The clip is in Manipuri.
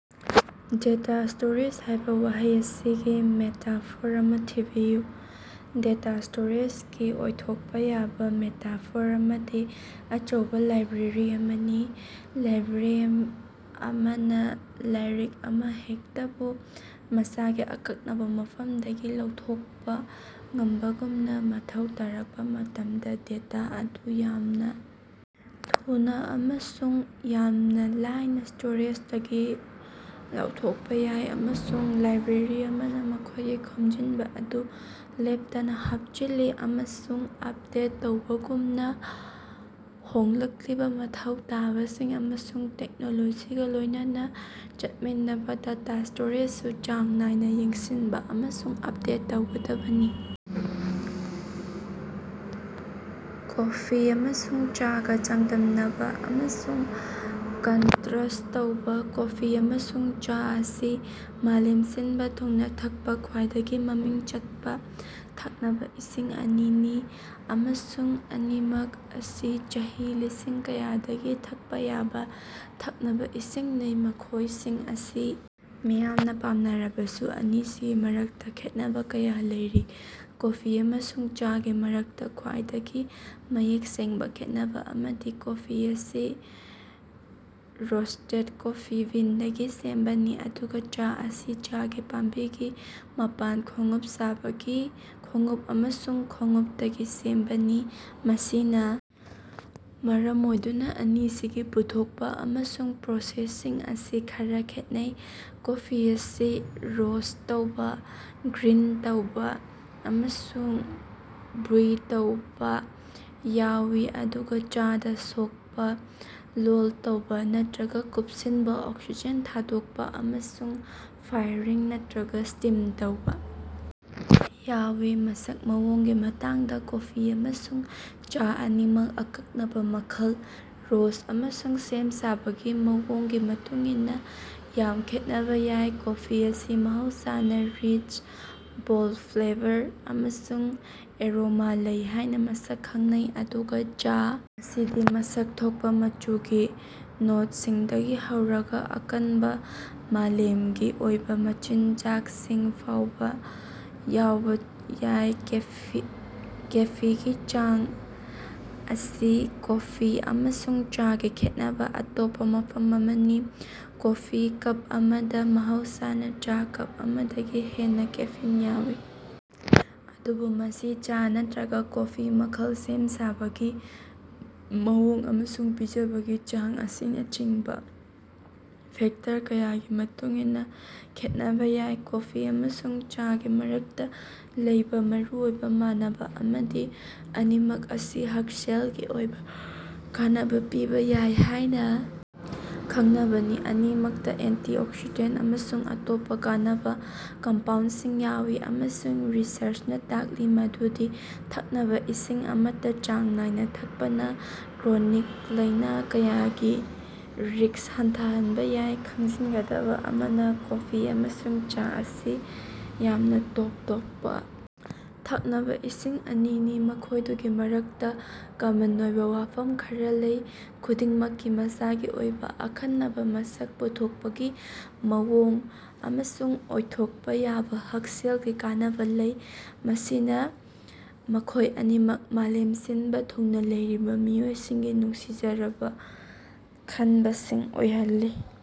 "ꯗꯦꯇꯥ ꯁ꯭ꯇꯣꯔꯦꯖ" ꯍꯥꯏꯕ ꯋꯥꯍꯩ ꯑꯁꯤꯒꯤ ꯃꯦꯇꯥꯐꯣꯔ ꯑꯃꯥ ꯊꯤꯕꯤꯌꯨ꯫ "ꯗꯦꯇꯥ ꯁ꯭ꯇꯣꯔꯦꯖ"ꯒꯤ ꯑꯣꯏꯊꯣꯛꯄ ꯌꯥꯕ ꯃꯦꯇꯥꯐꯣꯔ ꯑꯃꯗꯤ ꯑꯆꯧꯕ ꯂꯥꯏꯕ꯭ꯔꯦꯔꯤ ꯑꯃꯅꯤ꯫ ꯂꯥꯏꯕ꯭ꯔꯦꯔꯤ꯫ ꯂꯥꯏꯕ꯭ꯔꯦꯔꯤ ꯑꯃꯅ ꯂꯥꯏꯔꯤꯛ ꯑꯃꯍꯦꯛꯇꯕꯨ ꯃꯁꯥꯒꯤ ꯑꯀꯛꯅꯕ ꯃꯐꯝꯗꯒꯤ ꯂꯧꯊꯣꯛꯄ ꯉꯝꯕꯒꯨꯝꯅ, ꯃꯊꯧ ꯇꯥꯔꯛꯄ ꯃꯇꯝꯗ ꯗꯦꯇꯥ ꯑꯗꯨ ꯌꯥꯝꯅ ꯊꯨꯅ ꯑꯃꯁꯨꯡ ꯌꯥꯝꯅ ꯂꯥꯏꯅ ꯁ꯭ꯇꯣꯔꯦꯖꯗꯒꯤ ꯂꯧꯊꯣꯛꯄ ꯌꯥꯏ꯫ ꯑꯃꯁꯨꯡ ꯂꯥꯏꯕ꯭ꯔꯦꯔꯤ ꯑꯃꯅ ꯃꯈꯣꯏꯒꯤ ꯈꯣꯝꯖꯤꯟꯕ ꯑꯗꯨ ꯂꯦꯞꯇꯅ ꯍꯥꯞꯆꯤꯜꯂꯤ ꯑꯃꯁꯨꯡ ꯑꯄꯗꯦꯠ ꯇꯧꯕꯒꯨꯝꯅ, ꯍꯣꯡꯂꯛꯂꯤꯕ ꯃꯊꯧ ꯇꯥꯕꯁꯤꯡ ꯑꯃꯁꯨꯡ ꯇꯦꯛꯅꯣꯂꯣꯖꯤꯒ ꯂꯣꯏꯅꯅ ꯆꯠꯃꯤꯟꯅꯅꯕ ꯗꯦꯇꯥ ꯁ꯭ꯇꯣꯔꯦꯖꯁꯨ ꯆꯥꯡ ꯅꯥꯏꯅ ꯌꯦꯡꯁꯤꯅꯕ ꯑꯃꯁꯨꯡ ꯑꯞꯗꯦꯠ ꯇꯧꯒꯗꯕꯅꯤ꯫ ꯀꯣꯐꯤ ꯑꯃꯁꯨꯡ ꯆꯥꯒ ꯆꯥꯡꯗꯝꯅꯕ ꯑꯃꯁꯨꯡ ꯀꯟꯇꯔꯁ꯭ꯠ ꯇꯧꯕ꯫ ꯀꯣꯐꯤ ꯑꯃꯁꯨꯡ ꯆꯥ ꯑꯁꯤ ꯃꯥꯂꯦꯝ ꯁꯤꯟꯕ ꯊꯨꯡꯅ ꯊꯛꯄ ꯈ꯭ꯋꯥꯏꯗꯒꯤ ꯃꯃꯤꯡ ꯆꯠꯄ ꯊꯛꯅꯕ ꯏꯁꯤꯡ ꯑꯅꯤꯅꯤ, ꯑꯃꯁꯨꯡ ꯑꯅꯤꯃꯛ ꯑꯁꯤ ꯆꯍꯤ ꯂꯤꯁꯤꯡ ꯀꯌꯥꯗꯒꯤ ꯊꯛꯄ ꯌꯥꯕ ꯊꯛꯅꯕ ꯏꯁꯤꯡꯅꯤ꯫ ꯃꯈꯣꯏꯁꯤꯡ ꯑꯁꯤ ꯃꯤꯌꯥꯝꯅ ꯄꯥꯝꯅꯔꯕꯁꯨ ꯑꯅꯤꯁꯤꯒꯤ ꯃꯔꯛꯇ ꯈꯦꯠꯅꯕ ꯀꯌꯥ ꯂꯩꯔꯤ꯫ ꯀꯣꯐꯤ ꯑꯃꯁꯨꯡ ꯆꯥꯒꯤ ꯃꯔꯛꯇ ꯈ꯭ꯋꯥꯏꯗꯒꯤ ꯃꯌꯦꯛ ꯁꯦꯡꯕ ꯈꯦꯟꯅꯕ ꯑꯃꯗꯤ ꯀꯣꯐꯤ ꯑꯁꯤ ꯔꯣꯁ꯭ꯇꯦꯗ ꯀꯣꯐꯤ ꯕꯤꯟꯗꯒꯤ ꯁꯦꯝꯕꯅꯤ, ꯑꯗꯨꯒ ꯆꯥ ꯑꯁꯤ ꯆꯥꯒꯤ ꯄꯥꯝꯕꯤꯒꯤ ꯃꯄꯥꯟ, ꯈꯣꯡꯎꯞ ꯑꯃꯁꯨꯡ ꯈꯣꯡꯎꯞꯇꯒꯤ ꯁꯦꯝꯕꯅꯤ꯫ ꯃꯁꯤꯅ ꯃꯔꯝ ꯑꯣꯏꯗꯨꯅ ꯑꯅꯤꯁꯤꯒꯤ ꯄꯨꯊꯣꯛꯄ ꯑꯃꯁꯨꯡ ꯄ꯭ꯔꯣꯁꯦꯁꯤꯡ ꯑꯁꯤ ꯈꯔ ꯈꯦꯠꯅꯩ: ꯀꯣꯐꯤ ꯑꯁꯤ ꯔꯣꯁ꯭ꯠ ꯇꯧꯕ, ꯒ꯭ꯔꯤꯟ ꯇꯧꯕ ꯑꯃꯁꯨꯡ ꯕ꯭ꯔꯨꯏꯪ ꯇꯧꯕ ꯌꯥꯎꯏ, ꯑꯗꯨꯒ ꯆꯥꯗ ꯁꯣꯛꯄ, ꯂꯣꯜ ꯇꯧꯕ ꯅꯠꯇꯔꯒ ꯀꯨꯞꯁꯤꯟꯕ, ꯑꯣꯛꯁꯤꯖꯦꯟ ꯊꯥꯗꯣꯛꯄ, ꯑꯃꯁꯨꯡ ꯐꯥꯏꯔꯤꯡ ꯅꯠꯇꯔꯒ ꯁ꯭ꯇꯤꯝ ꯇꯧꯕ ꯌꯥꯎꯏ꯫ ꯃꯁꯛ ꯃꯑꯣꯡꯒꯤ ꯃꯇꯥꯡꯗ, ꯀꯣꯐꯤ ꯑꯃꯁꯨꯡ ꯆꯥ ꯑꯅꯤꯃꯛ ꯑꯀꯛꯅꯕ ꯃꯈꯜ, ꯔꯣꯁ꯭ꯠ ꯑꯃꯁꯨꯡ ꯁꯦꯝ-ꯁꯥꯕꯒꯤ ꯃꯑꯣꯡꯒꯤ ꯃꯇꯨꯡ ꯏꯟꯅ ꯌꯥꯝꯅ ꯈꯦꯠꯅꯕ ꯌꯥꯏ꯫ ꯀꯣꯐꯤ ꯑꯁꯤ ꯃꯍꯧꯁꯥꯅ ꯔꯤꯆ, ꯕꯣꯜꯗ ꯐ꯭ꯂꯦꯕꯔ ꯑꯃꯁꯨꯡ ꯑꯦꯔꯣꯃꯥ ꯂꯩ ꯍꯥꯏꯅ ꯃꯁꯛ ꯈꯪꯅꯩ, ꯑꯗꯨꯒ ꯆꯥ ꯑꯁꯤꯗꯤ ꯃꯁꯛ ꯊꯣꯛꯄ, ꯃꯆꯨꯒꯤ ꯅꯣꯠꯁꯤꯡꯗꯒꯤ ꯍꯧꯔꯒ ꯑꯀꯟꯕ, ꯃꯥꯂꯦꯃꯒꯤ ꯑꯣꯏꯕ ꯃꯆꯤꯟꯖꯥꯛꯁꯤꯡ ꯐꯥꯎꯕ ꯌꯥꯎꯕ ꯌꯥꯏ꯫ ꯀꯦꯐꯤꯒꯤ ꯆꯥꯡ ꯑꯁꯤ ꯀꯣꯐꯤ ꯑꯃꯁꯨꯡ ꯆꯥꯒꯤ ꯈꯦꯠꯅꯕ ꯑꯇꯣꯞꯄ ꯃꯐꯝ ꯑꯃꯅꯤ꯫ ꯀꯣꯐꯤ ꯀꯞ ꯑꯃꯗ ꯃꯍꯧꯁꯥꯅ ꯆꯥ ꯀꯞ ꯑꯃꯗꯒꯤ ꯍꯦꯟꯅ ꯀꯦꯐꯤꯟ ꯌꯥꯎꯏ, ꯑꯗꯨꯕꯨ ꯃꯁꯤ ꯆꯥ ꯅꯠꯇꯔꯒ ꯀꯣꯐꯤ ꯃꯈꯜ, ꯁꯦꯝ-ꯁꯥꯕꯒꯤ ꯃꯑꯣꯡ ꯑꯃꯁꯨꯡ ꯄꯤꯖꯕꯒꯤ ꯆꯥꯡ ꯑꯁꯤꯅꯆꯤꯡꯕ ꯐꯦꯛꯇꯔ ꯀꯌꯥꯒꯤ ꯃꯇꯨꯡꯏꯟꯅꯥ ꯈꯦꯠꯅꯕ ꯌꯥꯏ꯫ ꯀꯣꯐꯤ ꯑꯃꯁꯨꯡ ꯆꯥꯒꯤ ꯃꯔꯛꯇ ꯂꯩꯕꯥ ꯃꯔꯨꯑꯣꯏꯕ ꯃꯥꯟꯅꯕ ꯑꯃꯗꯤ ꯑꯅꯤꯃꯛ ꯑꯁꯤ ꯍꯛꯁꯦꯜꯒꯤ ꯑꯣꯏꯕ ꯀꯥꯟꯅꯕ ꯄꯤꯕ ꯌꯥꯏ ꯍꯥꯏꯅ ꯈꯪꯅꯕꯅꯤ꯫ ꯑꯅꯤꯃꯛꯇ ꯑꯦꯟꯇꯤꯑꯣꯛꯁꯤꯗꯦꯟꯇ ꯑꯃꯁꯨꯡ ꯑꯇꯣꯞꯄ ꯀꯥꯟꯅꯕ ꯀꯝꯄꯥꯎꯟꯗꯁꯤꯡ ꯌꯥꯎꯏ ꯑꯃꯁꯨꯡ ꯔꯤꯁꯔ꯭ꯆꯅ ꯇꯥꯛꯂꯤ ꯃꯗꯨꯗꯤ ꯊꯛꯅꯕ ꯏꯁꯤꯡ ꯑꯃꯠꯇ ꯆꯥꯡ ꯅꯥꯏꯅ ꯊꯛꯄꯅ ꯀ꯭ꯔꯣꯅꯤꯛ ꯂꯥꯏꯅ ꯀꯌꯥꯒꯤ ꯔꯤꯁ꯭ꯛ ꯍꯟꯊꯍꯟꯕ ꯌꯥꯏ꯫ ꯈꯪꯖꯤꯟꯒꯗꯕ ꯑꯃꯅ, ꯀꯣꯐꯤ ꯑꯃꯁꯨꯡ ꯆꯥ ꯑꯁꯤ ꯌꯥꯝꯅ ꯇꯣꯞ ꯇꯣꯞꯄ ꯊꯛꯅꯕꯥ ꯏꯁꯤꯡ ꯑꯅꯤꯅꯤ, ꯃꯈꯣꯏꯗꯨꯒꯤ ꯃꯔꯛꯇ ꯀꯃꯟ ꯑꯣꯏꯕ ꯋꯥꯐꯝ ꯈꯔ ꯂꯩ꯫ ꯈꯨꯗꯤꯡꯃꯛꯀꯤ ꯃꯁꯥꯒꯤ ꯑꯣꯏꯕ ꯑꯈꯟꯅꯕ ꯃꯁꯛ, ꯄꯨꯊꯣꯛꯄꯒꯤ ꯃꯑꯣꯡ, ꯑꯃꯁꯨꯡ ꯑꯣꯏꯊꯣꯛꯄ ꯌꯥꯕ ꯍꯛꯁꯦꯜꯒꯤ ꯀꯥꯟꯅꯕ ꯂꯩ, ꯃꯁꯤꯅ ꯃꯈꯣꯏ ꯑꯅꯤꯃꯛ ꯃꯥꯂꯦꯝ ꯁꯤꯟꯕ ꯊꯨꯡꯅ ꯂꯩꯔꯤꯕ ꯃꯤꯑꯣꯏꯁꯤꯡꯒꯤ ꯅꯨꯡꯁꯤꯖꯔꯕ ꯈꯟꯕꯁꯤꯡ ꯑꯣꯏꯍꯜꯂꯤ꯫